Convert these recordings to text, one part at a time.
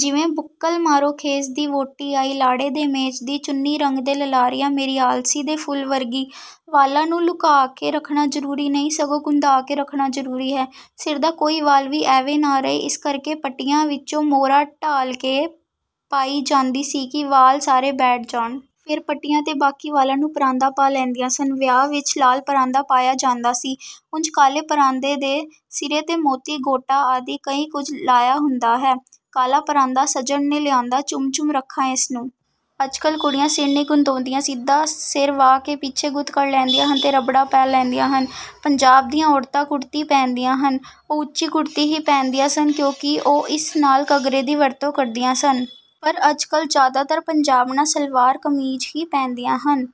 ਜਿਵੇਂ: “ਬੁੱਕਲ ਮਾਰੋ ਖੇਸ ਦੀ, ਵਾਹੁੱਟੀ ਆਈ ਲਾੜੇ ਦੇ ਮੇਚ ਦੀ, ਚੁੰਨੀ ਰੰਗਦੇ ਲਲਾਰੀਆ, ਮੇਰੀ ਆਲਸੀ ਦੇ ਫੁੱਲ ਵਰਗੀ।” ਵਾਲਾਂ ਨੂੰ ਲੁਕਾ ਕੇ ਰੱਖਣਾ ਜ਼ਰੂਰੀ ਨਹੀਂ, ਸਗੋਂ ਗੁੰਦਾ ਕੇ ਰੱਖਣਾ ਜ਼ਰੂਰੀ ਹੈ। ਸਿਰ ਦਾ ਕੋਈ ਵਾਲ ਵੀ ਐਂਵੇਂ ਨਾ ਰਹੇ, ਇਸ ਕਰਕੇ ਪੱਟੀਆਂ ਵਿੱਚ ਮੋਰਾ ਢਾਲ ਕੇ ਪਾਈ ਜਾਂਦੀ ਸੀ ਕਿ ਵਾਲ ਸਾਰੇ ਬੈਠ ਜਾਣ। ਫੇਰ ਪੱਟੀਆਂ ’ਤੇ ਬਾਕੀ ਵਾਲਾਂ ਨੂੰ ਪਰਾਂਦਾ ਪਾ ਲੈਂਦੀਆਂ ਸਨ। ਵਿਆਹ ਵਿੱਚ ਲਾਲ ਪਰਾਂਦਾ ਪਾਇਆ ਜਾਂਦਾ ਸੀ। ਉਂਝ ਕਾਲੇ ਪਰਾਂਦੇ ਦੇ ਸਿਰੇ ’ਤੇ ਮੋਤੀ, ਗੋਟਾ ਆਦਿ ਕਈ ਕੁਝ ਲਾਇਆ ਹੁੰਦਾ ਹੈ। “ਕਾਲਾ ਪਰਾਂਦਾ ਸੱਜਣ ਨੇ ਲਿਆਂਦਾ, ਚੁੰਮ-ਚੁੰਮ ਰੱਖਾਂ ਏਸ ਨੂੰ।” ਅੱਜ-ਕੱਲ੍ਹ ਕੁੜੀਆਂ ਸਿਰ ਨਹੀਂ ਗੁੰਦਾਉਂਦੀਆਂ। ਸਿੱਧਾ ਸਿਰ ਵਾਹ ਕੇ ਪਿੱਛੇ ਗੁੱਤ ਕਰ ਲੈਂਦੀਆਂ ਹਨ ਤੇ ਰਬੜਾਂ ਪਾ ਲੈਂਦੀਆਂ ਹਨ। ਪੰਜਾਬ ਦੀਆਂ ਔਰਤਾਂ ਕੁੜਤੀ ਪਹਿਨਦੀਆਂ ਹਨ। ਉਹ ਉੱਚੀ ਕੁੜਤੀ ਹੀ ਪਹਿਨਦੀਆਂ ਸਨ, ਕਿਉਂਕਿ ਉਹ ਇਸ ਨਾਲ ਘੱਗਰੇ ਦੀ ਵਰਤੋਂ ਕਰਦੀਆਂ ਸਨ। ਪਰ ਅੱਜ-ਕੱਲ੍ਹ ਜ਼ਿਆਦਾਤਰ ਪੰਜਾਬਣਾਂ ਸਲਵਾਰ-ਕਮੀਜ਼ ਹੀ ਪਹਿਨਦੀਆਂ ਹਨ।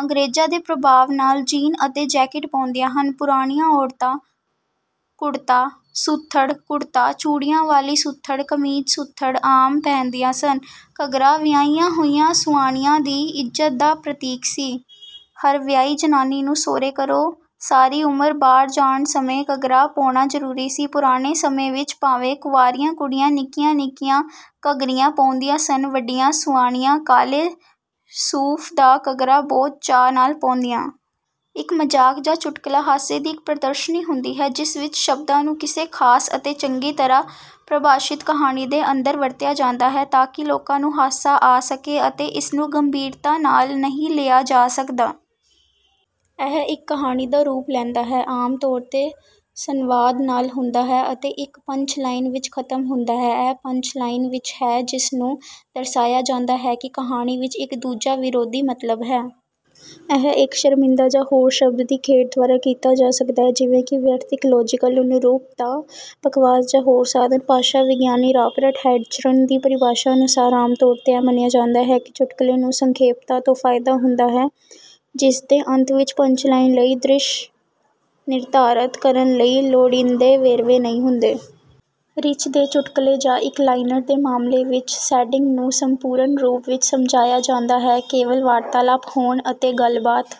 ਅੰਗਰੇਜ਼ਾਂ ਦੇ ਪ੍ਰਭਾਵ ਨਾਲ ਜੀਨ ਅਤੇ ਜੈਕਿਟ ਪਾਉਂਦੀਆਂ ਹਨ। ਪੁਰਾਣੀਆਂ ਔਰਤਾਂ ਕੁੜਤਾ-ਸੁੱਥਣ, ਕੁੜਤਾ, ਚੂੜੀਆਂ ਵਾਲੀ ਸੁੱਥਣ, ਕਮੀਜ਼-ਸੁੱਥਣ ਆਮ ਪਹਿਨਦੀਆਂ ਸਨ। ਘੱਗਰਾ ਵਿਆਹੀਆਂ ਹੋਈਆਂ ਸੁਆਣੀਆਂ ਦੀ ਇੱਜ਼ਤ ਦਾ ਪ੍ਰਤੀਕ ਸੀ। ਹਰ ਵਿਆਹੀ ਜਨਾਨੀ ਨੂੰ ਸਹੁਰੇ ਘਰੋਂ ਸਾਰੀ ਉਮਰ ਬਾਹਰ ਜਾਣ ਸਮੇਂ ਘੱਗਰਾ ਪਾਉਣਾ ਜ਼ਰੂਰੀ ਸੀ। ਪੁਰਾਣੇ ਸਮੇਂ ਵਿੱਚ ਭਾਵੇਂ ਕੁਆਰੀਆਂ ਕੁੜੀਆਂ ਨਿੱਕੀਆਂ-ਨਿੱਕੀਆਂ ਘੱਗਰੀਆਂ ਪਾਉਂਦੀਆਂ ਸਨ। ਵੱਡੀਆਂ ਸੁਆਣੀਆਂ ਕਾਲੇ ਸੂਫ਼ ਦਾ ਘੱਗਰਾ ਬਹੁਤ ਚਾਅ ਨਾਲ ਪਾਉਂਦੀਆਂ। ਇੱਕ ਮਜ਼ਾਕ ਜਾਂ ਚੁਟਕੁਲਾ ਹਾਸੇ ਦੀ ਇੱਕ ਪ੍ਰਦਰਸ਼ਨੀ ਹੁੰਦੀ ਹੈ, ਜਿਸ ਵਿੱਚ ਸ਼ਬਦਾਂ ਨੂੰ ਕਿਸੇ ਖ਼ਾਸ ਅਤੇ ਚੰਗੀ ਤਰ੍ਹਾਂ ਪਰਿਭਾਸ਼ਿਤ ਕਹਾਣੀ ਦੇ ਅੰਦਰ ਵਰਤਿਆ ਜਾਂਦਾ ਹੈ, ਤਾਂ ਕਿ ਲੋਕਾਂ ਨੂੰ ਹਾਸਾ ਆ ਸਕੇ ਅਤੇ ਇਸਨੂੰ ਗੰਭੀਰਤਾ ਨਾਲ ਨਹੀਂ ਲਿਆ ਜਾ ਸਕਦਾ। ਇਹ ਇੱਕ ਕਹਾਣੀ ਦਾ ਰੂਪ ਲੈਂਦਾ ਹੈ, ਆਮ ਤੌਰ ’ਤੇ ਸੰਵਾਦ ਨਾਲ ਹੁੰਦਾ ਹੈ ਅਤੇ ਇੱਕ ਪੰਚ-ਲਾਈਨ ਵਿੱਚ ਖ਼ਤਮ ਹੁੰਦਾ ਹੈ। ਇਹ ਪੰਚ-ਲਾਈਨ ਵਿੱਚ ਹੈ ਜਿਸ ਨੂੰ ਦਰਸਾਇਆ ਜਾਂਦਾ ਹੈ ਕਿ ਕਹਾਣੀ ਵਿੱਚ ਇੱਕ ਦੂਜਾ, ਵਿਰੋਧੀ ਮਤਲਬ ਹੈ। ਇਹ ਇੱਕ ਸ਼ਰਮਿੰਦਾ ਜਾਂ ਹੋਰ ਸ਼ਬਦ ਦੀ ਖੇਡ ਦੁਆਰਾ ਕੀਤਾ ਜਾ ਸਕਦਾ ਹੈ, ਜਿਵੇਂ ਕਿ ਵਿਅਰਥ, ਇੱਕ ਲਾਜ਼ੀਕਲ ਅਨੁਰੂਪਤਾ, ਬਕਵਾਸ ਜਾਂ ਹੋਰ ਸਾਧਨ। ਭਾਸ਼ਾ-ਵਿਗਿਆਨੀ ਰਾਬਰਟ ਹੈਟਜ਼ਰਨ ਦੀ ਪਰਿਭਾਸ਼ਾ ਅਨੁਸਾਰ, ਆਮ ਤੌਰ ’ਤੇ ਇਹ ਮੰਨਿਆ ਜਾਂਦਾ ਹੈ ਕਿ ਚੁਟਕਲੇ ਨੂੰ ਸੰਖੇਪਤਾ ਤੋਂ ਫ਼ਾਇਦਾ ਹੁੰਦਾ ਹੈ, ਜਿਸ ਦੇ ਅੰਤ ਵਿੱਚ ਪੰਚ-ਲਾਈਨ ਲਈ ਦ੍ਰਿਸ਼ ਨਿਰਧਾਰਤ ਕਰਨ ਲਈ ਲੋੜੀਂਦੇ ਵੇਰਵੇ ਨਹੀਂ ਹੁੰਦੇ। ਰਿੱਛ ਦੇ ਚੁਟਕਲੇ ਜਾਂ ਇੱਕ-ਲਾਈਨਰ ਦੇ ਮਾਮਲੇ ਵਿੱਚ, ਸੈਟਿੰਗ ਨੂੰ ਸੰਪੂਰਨ ਰੂਪ ਵਿੱਚ ਸਮਝਿਆ ਜਾਂਦਾ ਹੈ, ਕੇਵਲ ਵਾਰਤਾਲਾਪ ਹੋਣ ਅਤੇ ਗੱਲਬਾਤ...